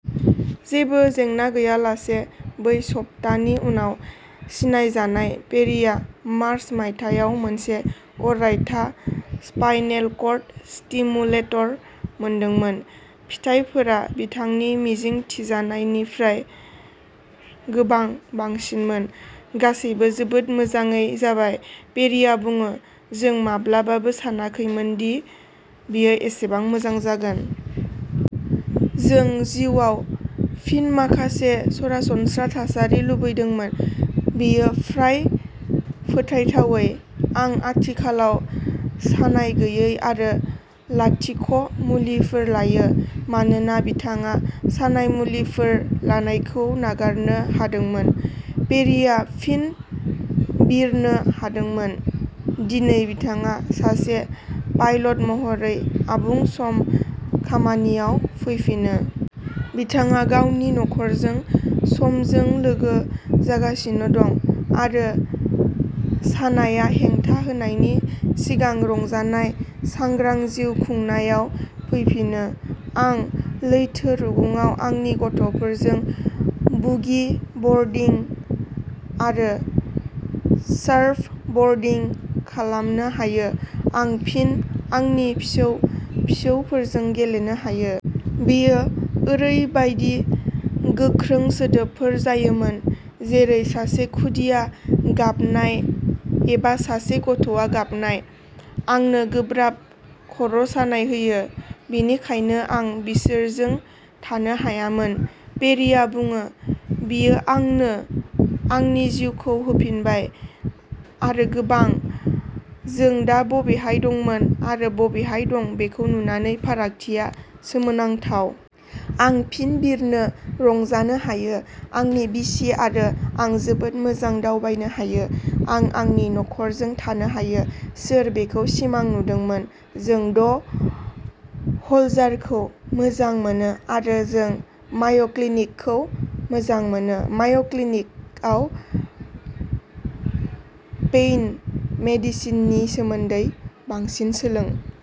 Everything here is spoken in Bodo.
जेबो जेंना गैयालासे। ब्रै सप्तानि उनाव सिनायजानाय, पेरिआ मार्च मायथाइयाव मोनसे अरायथा स्पाइनेल कर्ड स्टिमुलेटर मोनदोंमोन। फिथायफोरा बिथांनि मिजिंथिजानायनिफ्राय गोबां बांसिनमोन। "गासैबो जोबोद मोजाङै जाबाय", पेरिआ बुङो। "जों माब्लाबाबो सानाखैमोनदि बेयो एसेबां मोजां जागोन। जों जिउआव फिन माखासे सरासनस्रा थासारि लुबैदोंमोन। बेयो फ्राय फोथायथावै। आं आथिखालाव सानाय-गैयै आरो लाथिख'मुलिफोर लायो। " मानोना बिथाङा सानाय मुलिफोर लानायखौ नागारनो हादोंमोन, पेरिआ फिन बिरनो हादोंमोन। दिनै बिथाङा सासे पाइलट महरै आबुं-सम खामानियाव फैफिनो। बिथाङा गावनि नखरजों समजों लोगो जागासिनो दं आरो सानायआ हेंथा होनायनि सिगां रंजानाय सांग्रां जिउ खुंनायाव फैफिनो। "आं लैथो रुगुङाव आंनि गथ'फोरजों बुगि बर्डिं आरो सार्फब'र्डिं खालामनो हायो। आं फिन आंनि फिसौ-फिसौफोरजों गेलेनो हायो। बेयो ओरैबायदि गोख्रों सोदोबफोर जायोमोन, जेरै सासे खुदिया गाबनाय एबा सासे गथ'आ गाबनाय, आंनो गोब्राब खर'सानाय होयो, बेनिखायनो आं बिसोरजों थानो हायामोन। " पेरीआ बुङो। "बेयो आंनो आंनि जिउखौ होफिनबाय, आरो गोबां। जों दा बबेहाय दंमोन आरो बबेहाय दं बेखौ नुनानै, फारागथिया सोमोनांथाव। आं फिन बिरनो रंजानो हायो। आंनि बिसि आरो आं जोबोद मोजां दावबायनो हायो। आं आंनि नख'रजों थानो हायो। सोर बेखौ सिमां नुदोंमोन? जों ड. ह'लजारखौ मोजां मोनो, आरो जों माय'क्लिनिकखौ मोजां मोनो। " माय'क्लिनिकआव पेइन मेडिसिननि सोमोन्दै बांसिन सोलों।